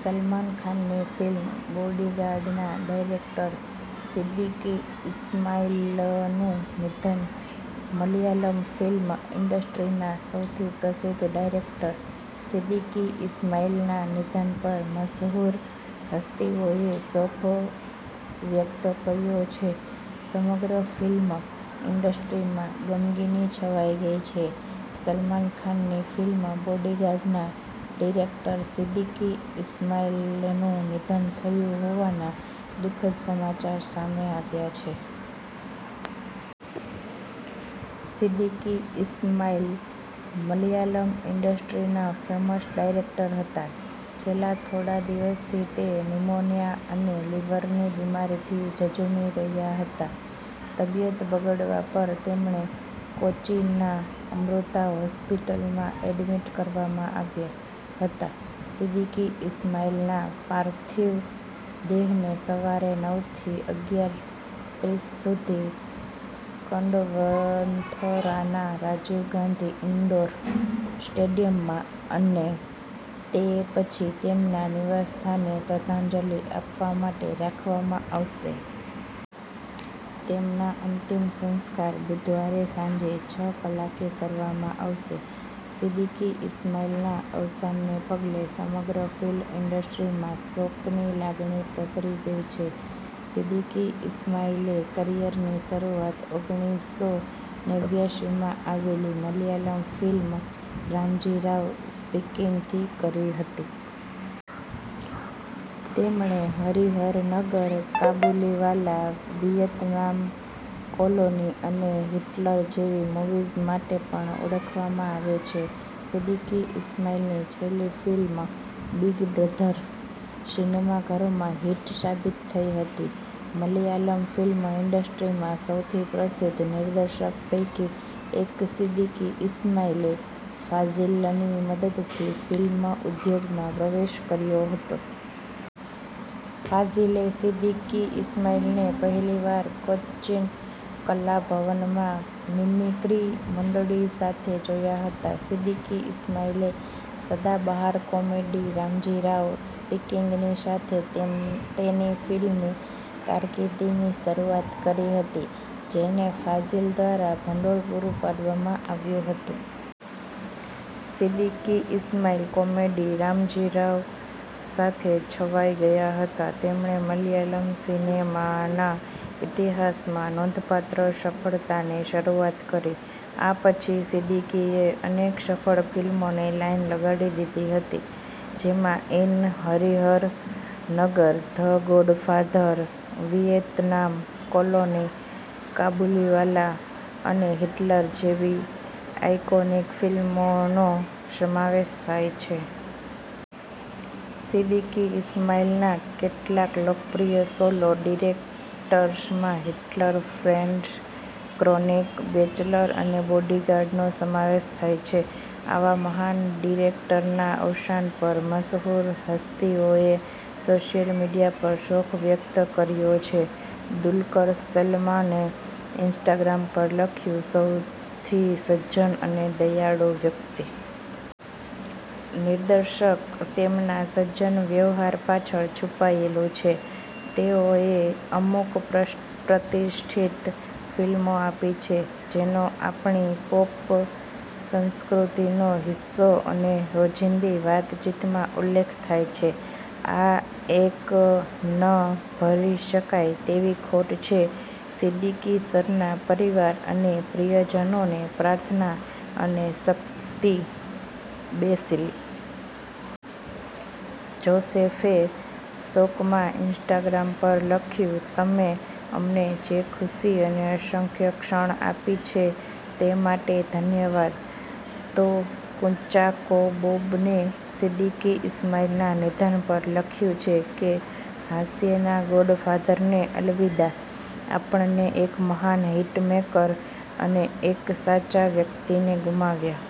સલમાન ખાનની ફિલ્મ 'બોડીગાર્ડ'ના ડાયરેક્ટર સિદ્દીકી ઈસ્માઈલનું નિધન, મલયાલમ ફિલ્મ ઇન્ડસ્ટ્રીના સૌથી પ્રસિદ્ધ ડાયરેક્ટર સિદ્દીકી ઇસ્માઇલના નિધન પર મશહૂર હસ્તીઓએ શોક વ્યક્ત કર્યો છે. સમગ્ર ફિલ્મ ઇન્ડસ્ટ્રીમાં ગમગીની છવાય ગઇ છે. સલમાન ખાનની ફિલ્મ બોડીગાર્ડના ડિરેક્ટર સિદ્દીકી ઈસ્માઈલનું નિધન થયું હોવાના દુ:ખદ સમાચાર સામે આવ્યાં છે. સિદ્દીકી ઈસ્માઈલ મલયાલમ ઈન્ડસ્ટ્રીના ફેમસ ડાયરેક્ટર હતા. છેલ્લા થોડા દિવસથી તે નિમોનિયા અને લીવરની બિમારીથી ઝઝુમી રહ્યા હતા. તબીયત બગડવા પર તેમણે કોચ્ચિના અમૃતા હોસ્પિટલમાં એડમિટ કરવામાં આવ્યા હતા. સિદ્દીકી ઈસ્માઈલના પાર્થિવ દેહને સવારે નવ થી અગ્યાર ત્રીસ સુધી કડવંથરાના રાજીવ ગાંધી ઇન્ડોર સ્ટેડિયમમાં અને તે પછી તેમના નિવાસસ્થાને શ્રદ્ધાંજલિ આપવા માટે રાખવામાં આવશે. તેમના અંતિમ સંસ્કાર બુધવારે સાંજે છ કલાકે કરવામાં આવશે. સિદ્દીકી ઈસ્માઈલના અવસાનને પગલે સમગ્ર ફિલ્મ ઇન્ડસ્ટ્રીમાં શોકની લાગણી પ્રસરી ગઇ છે. સિદ્દીકી ઇસ્માઇલે કરિયરની શરૂઆત ઓગણીસો નેવ્યાસીમાં આવેલી મલયાલમ ફિલ્મ 'રામજી રાવ સ્પીકિંગ'થી કરી હતી. તેમણે 'હરિહર નગર', 'કાબુલીવાલા', 'વિયતનામ કોલોની', અને 'હિટલર' જેવી મૂવીઝ માટે પણ ઓળખવામાં આવે છે. સિદ્દીકી ઈસ્માઈલની છેલ્લી ફિલ્મ બિગ બ્રઘર સિનેમાઘરોમાં હિટ સાબિત થઇ હતી. મલયાલમ ફિલ્મ ઇન્ડસ્ટ્રીમાં સૌથી પ્રસિદ્ધ નિર્દેશક પૈકી એક સિદ્દીકી ઈસ્માઈલે ફાઝિલની મદદથી ફિલ્મ ઉધોગમાં પ્રવેશ કર્યો હતો. ફાઝિલે સિદ્દીકી ઈસ્માઈલને પહેલીવાર કોચીન કલાભવનમાં મિમિક્રી મંડળી સાથે જોયા હતા. સિદ્દીકી ઇસ્માઇલે સદાબહાર 'કોમેડી રામજી રાવ' સ્પીકિંગની સાથે તેની ફિલ્મી કારકિર્દીની શરૂઆત કરી હતી. જેને ફાઝિલ દ્વારા ભંડોળ પૂરું પાડવામાં આવ્યું હતું. સિદ્દીકી ઇસ્માઇલ કોમેડી 'રામજી રાવ' સાથે છવાય ગયા હતા. તેણે મલયાલમ સિનેમાના ઇતિહાસમાં નોંધપાત્ર સફળતાની શરૂઆત કરી. આ પછી સિદ્દીકીએ અનેક સફળ ફિલ્મોની લાઇન લગાડી દીધી હતી. જેમાં in Harihar Nagar, the Godfather, Vietnam colony, Kabuliwala, અને હિટલર જેવી આઇકોનિક ફિલ્મોનો સમાવેશ થાય છે. સિદ્દીકી ઈસ્માઈલના કેટલાક લોકપ્રિય સોલો ડિરેક્ટર્સમાં હિટલર, ફ્રેન્ડ્સ, ક્રોનિક બેચલર અને બોડીગાર્ડનો સમાવેશ થાય છે. આવા મહાન ડિરેક્ટરના અવસાન પર મશહૂર હસ્તિઓએ સોશિયલ મીડિયા પર શોક વ્યક્ત કર્યો છે. દુલકર સલમાને ઇન્સ્ટાગ્રામ પર લખ્યું, સૌથી સજ્જન અને દયાળુ વ્યક્તિ. નિર્દેશક તેમના સજ્જન વ્યવહાર પાછળ છુપાયેલું છે. તેઓએ અમુક પ્રતિષ્ઠિત ફિલ્મો આપી છે. જેનો આપણી પોપ સંસ્કૃતિનો હિસ્સો અને રોજિંદી વાતચીતમાં ઉલ્લેખ થાય છે. આ એક ન ભરી શકાય તેવી ખોટ છે. સિદ્દીકી સરના પરિવાર અને પ્રિયજનોને પ્રાર્થના અને શક્તિ. બેસિલ જોસેફે શોકમાં ઇન્સ્ટાગ્રામ પર લખ્યું, તમે અમને જે ખુશી અને અસંખ્ય ક્ષણ આપી છે તે માટે ધન્યવાદ. તો કુંચાકો બોબને સિદ્દીકી ઇસ્માઇલના નિધન પર લખ્યું છે કે, હાસ્યના ગોડફાધરને અલવિદા. આપણે એક મહાન હિટમેકર અને એક સાચા વ્યક્તિને ગુમાવ્યા.